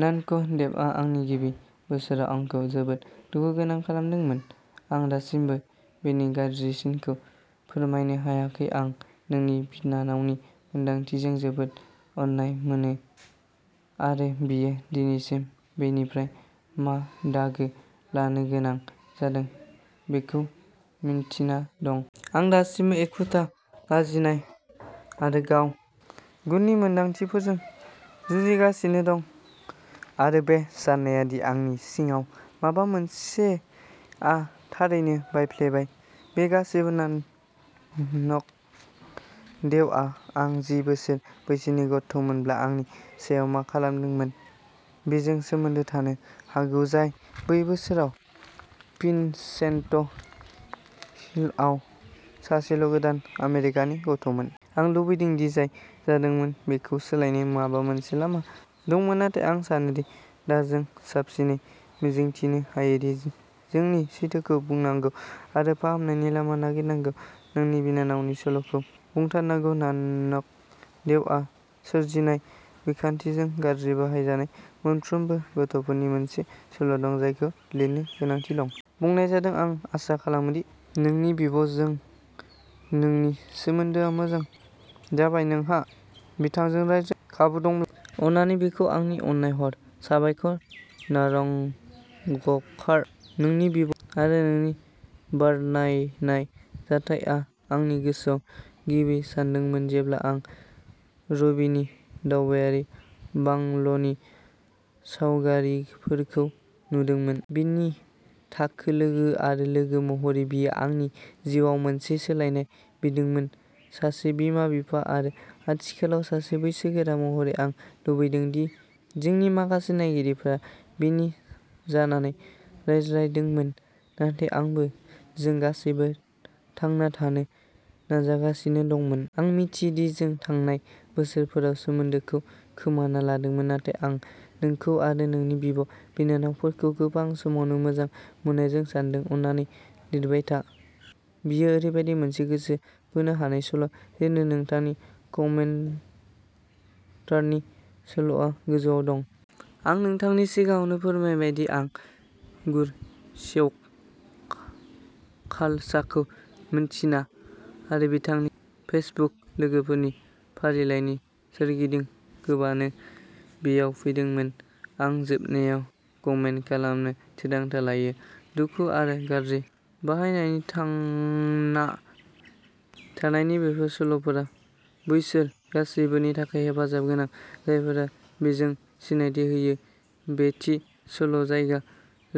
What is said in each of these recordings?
नानक देबआ आंनि गिबि बोसोराव आंखौ जोबोद दुखुगोनां खालामदोंमोन। आं दासिमबो बेनि गाज्रिसिनखौ फोरमायनो हायाखै। आं नोंनि बिनानावनि मोन्दांथिजों जोबोद अननाय मोनो आरो बियो दिनैसिम बेनिफ्राय मा दागो लानो गोनां जादों बेखौ मिन्थिना दं। आं दासिमबो एखुथा, लाजिनाय आरो गाव गुननि मोनदांथिफोरजों जुजिगासिनो दं आरो बे साननाया दि आंनि सिङाव माबा मोनसेआ थारैनो बायफ्लेबाय। बे गासैबो नानक देवआ आं जि बोसोर बैसोनि गथ'मोनब्ला आंनि सायाव मा खालामदोंमोन बेजों सोमोन्दो थानो हागौ, जाय बै बोसोराव भिनसेन्ट हिलआव सासेल' गोदान आमेरिकानि गथ'मोन। आं लुबैदों दि जाय जादोंमोन बेखौ सोलायनो माबा मोनसे लामा दंमोन नाथाय आं सानो दि दा जों साबसिनै मिजिंथिनो हायोदि जोंनि सैथोखौ बुंनांगौ आरो फाहामनायनि लामा नागिरनांगौ। नोंनि बिनानावनि सल'खौ बुंथारनांगौ। नानक देवआ सोरजिनाय बिखान्थिजों गाज्रि बाहायजानाय मोनफ्रोमबो गथ'फोरनि मोनसे सल' दं जायखौ लिरनो गोनांथि दं। बुंनाय जादों आं आसा खालामो दि नोंनि बिब' जों नोंनि सोमोन्दोआ मोजां जाबाय। नोंहा बिथांजों रायज्लायनो खाबु दंब्ला, अन्नानै बिखौ आंनि अननाय हर। साबायखर नारंगकार नोंनि बिब' आरो नों बरनायनाय जाथायआ आंनि गोसोआव गिबि सानदोंमोन जेब्ला आं रबिनि दावबायारि बांल'नि सावगारिफोरखौ नुदोंमोन। बिनि थाखो लोगो आरो लोगो महरै बेयो आंनि जिउआव मोनसे सोलायनाय बिन्दोमोन। सासे बिमा-बिफा आरो आथिखालाव सासे बैसोगोरा महरै, आं लुबैदों दि जोंनि माखासे नायगिरिफोरा बिनि जानानै रायज्लायदोंमोन नाथाय आंबो। जों गासैबो थांना थानो नाजागासिनो दंमोन। आं मिथियो दि जों थांनाय बोसोरफोराव सोमोन्दोखौ खोमाना लादोंमोन नाथाय आं नोंखौ आरो नोंनि बिब' बिनानावफोरखौ गोबां समावनो मोजां मोननायजों सानदों। अन्नानै लिरबाय था। बेयो ओरैबायदि मोनसे गोसो बोनो हानाय सल', जेरै नोंथांनि कमेन्टारनि सल'आ गोजौवाव दं। आं नोंथांनो सिगाङावनो फोरमायबाय दि आं गुरुसेवक खालसाखौ मिन्थिना आरो बिथांनि फेसबुक लोगोफोरनि फारिलाइनि सोरगिदिं गोबानो बेयाव फैदोंमोन। आं जोबनायाव कमेन्ट खालामनो थिरांथा लायो। दुखु आरो गाज्रि बाहायनायनि थांना थानायनि बेफोर सल'फोरा बैसोर गासैबोनि थाखाय हेफाजाब गोनां, जायफोरा बेजों सिनायथि होयो, बे थि सल' जायगा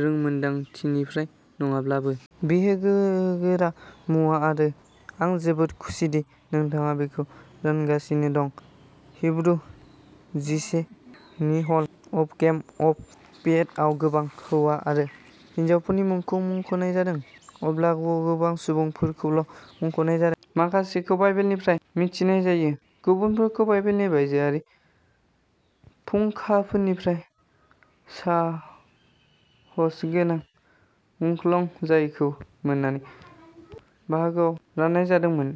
रोंमोनदांथिनिफ्राय नङाब्लाबो। बेयो गोहोगोरा मुवा आरो आं जोबोद खुसिदि नोंथाङा बेखौ रानगासिनो दं। हिब्रु जिसे नि hall of fame of faith आव गोबां हौवा आरो हिनजावफोरनि मुंखौ मुंख'नाय जादों, अब्लाबो गोबां सुबुंफोरखौल' मुंख'नाय जादों। माखासेखौ बाइबेलनिफ्राय मिथिनाय जायो, गुबुनफोरखौ बाइबेलनि बायजोआरि फुंखाफोरनिफ्राय। साहसगोनां मुंख्लं जायखौ मोननै बाहागोआव रान्नाय जादोंमोन।